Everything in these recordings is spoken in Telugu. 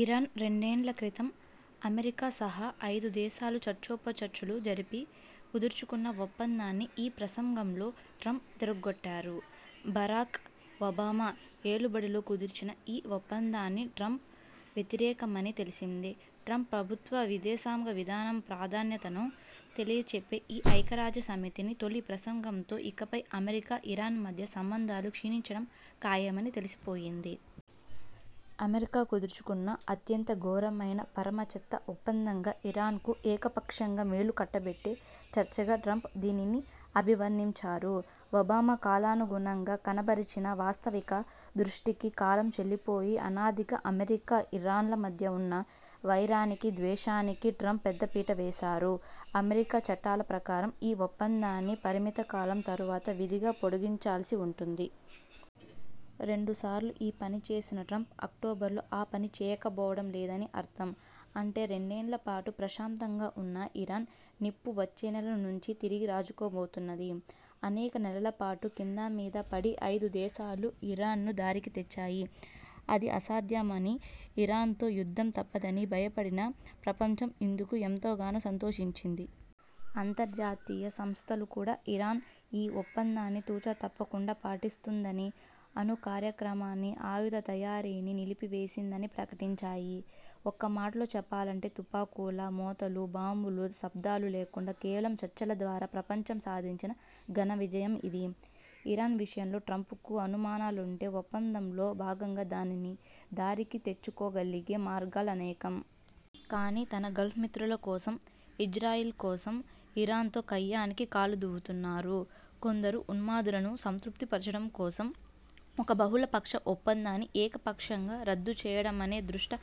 ఇరాన్తో రెండేళ్ళక్రితం అమెరికా సహా ఐదుదేశాలు చర్చోపచర్చలు జరిపి కుదుర్చుకున్న ఒప్పందాన్ని ఈ ప్రసంగంలో ట్రంప్ తిరగ్గొట్టారు. బరాక్ ఒబామా ఏలుబడిలో కుదిరిన ఈ ఒప్పందానికి ట్రంప్ వ్యతిరేకమని తెలిసిందే. ట్రంప్ ప్రభుత్వ విదేశాంగ విధానం ప్రాధాన్యతలను తెలియచెప్పే ఈ ఐక్యరాజ్యసమితి తొలి ప్రసంగంతో ఇకపై అమెరికా–ఇరాన్ మధ్య సంబంధాలు క్షీణించడం ఖాయమని తేలిపోయింది. అమెరికా కుదుర్చుకున్న అత్యంత ఘోరమైన, పరమచెత్త ఒప్పందంగా, ఇరాన్కు ఏకపక్షంగా మేలుకట్టబెట్టే చర్యగా ట్రంప్ దీనిని అభివర్ణించారు. ఒబామా కాలానుగుణంగా కనబరచిన వాస్తవిక దృష్టికి కాలం చెల్లిపోయి, అనాదిగా అమెరికా–ఇరాన్ల మధ్య ఉన్న వైరానికీ, ద్వేషానికీ ట్రంప్ పెద్దపీట వేశారు. అమెరికా చట్టాల ప్రకారం ఈ ఒప్పందాన్ని పరిమితకాలం తరువాత విధిగా పొడిగించాల్సి ఉంటుంది. రెండుసార్లు ఈ పనిచేసిన ట్రంప్ అక్టోబర్లో ఆ పనిచేయబోవడం లేదని అర్థం. అంటే రెండేళ్ళపాటు ప్రశాంతంగా ఉన్న ఇరాన్ నిప్పు వచ్చేనెల నుంచి తిరిగి రాజుకోబోతున్నది. అనేక నెలలపాటు కిందామీదాపడి ఐదుదేశాలు ఇరాన్ను దారికి తెచ్చాయి. అది అసాధ్యమనీ, ఇరాన్తో యుద్ధం తప్పదనీ భయపడిన ప్రపంచం ఇందుకు ఎంతగానో సంతోషించింది. అంతర్జాతీయ సంస్థలు కూడా ఇరాన్ ఈ ఒప్పందాన్ని తుచ తప్పకుండా పాటిస్తున్నదనీ, అణుకార్యక్రమాన్నీ, ఆయుధ తయారీని నిలిపివేసిందని ప్రకటించాయి. ఒక్కమాటలో చెప్పాలంటే తుపాకుల మోతలూ, బాంబుల శబ్దాలు లేకుండా కేవలం చర్చల ద్వారా ప్రపంచం సాధించిన ఘనవిజయం ఇది. ఇరాన్ విషయంలో ట్రంప్కు అనుమానాలుంటే ఒప్పందంలో భాగంగా దానిని దారికి తెచ్చుకోగలిగే మార్గాలనేకం. కానీ, తన గల్ఫ్మిత్రుల కోసం, ఇజ్రాయెల్ కోసం ఇరాన్తో కయ్యానికి కాలుదువ్వుతున్నారు. కొందరు ఉన్మాదులను సంతృప్తిపరచడం కోసం ఒక బహుళపక్ష ఒప్పందాన్ని ఏకపక్షంగా రద్దుచేయడమనే దుష్ట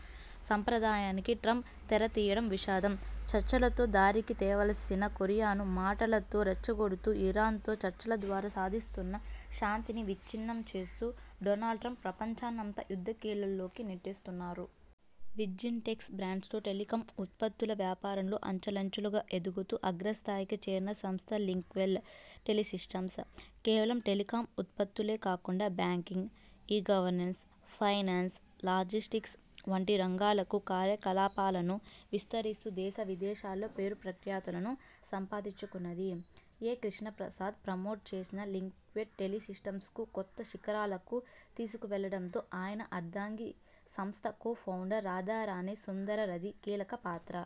సంప్రదాయానికి ట్రంప్ తెరతీయడం విషాదం. చర్చలతో దారికి తేవాల్సిన కొరియాను మాటలతో రెచ్చగొడుతూ, ఇరాన్తో చర్చల ద్వారా సాధించుకున్న శాంతిని విచ్ఛిన్నం చేస్తూ డొనాల్డ్ ట్రంప్ ప్రపంచాన్నంతా యుద్ధకీలల్లోకి నెట్టేస్తున్నారు. విజన్టెక్ బ్రాండ్తో టెలికాం ఉత్పత్తుల వ్యాపారంలో అంచెలంచెలుగా ఎదుగుతూ అగ్రస్థానానికి చేరిన సంస్థ లింక్వెల్ టెలిసిస్టమ్స్. కేవలం టెలికాం ఉత్పత్తులే కాకుండా బ్యాంకింగ్, ఇ-గవర్నెన్స్, ఫైనాన్స్, లాజిస్టిక్స్ వంటి రంగాలకు కార్యకలాపాలను విస్తరిస్తూ దేశ విదేశాల్లో పేరు ప్రఖ్యాతులను సంపాదించుకుంది. ఎ కృష్ణప్రసాద్ ప్రమోట్ చేసిన లింక్వెల్ టెలిసిస్టమ్స్ను కొత్త శిఖరాలకు తీసుకువెళ్లడంతో ఆయన అర్ధాంగి, సంస్థ కో ఫౌండర్ రాధారాణి సుంకరది కీలక పాత్ర.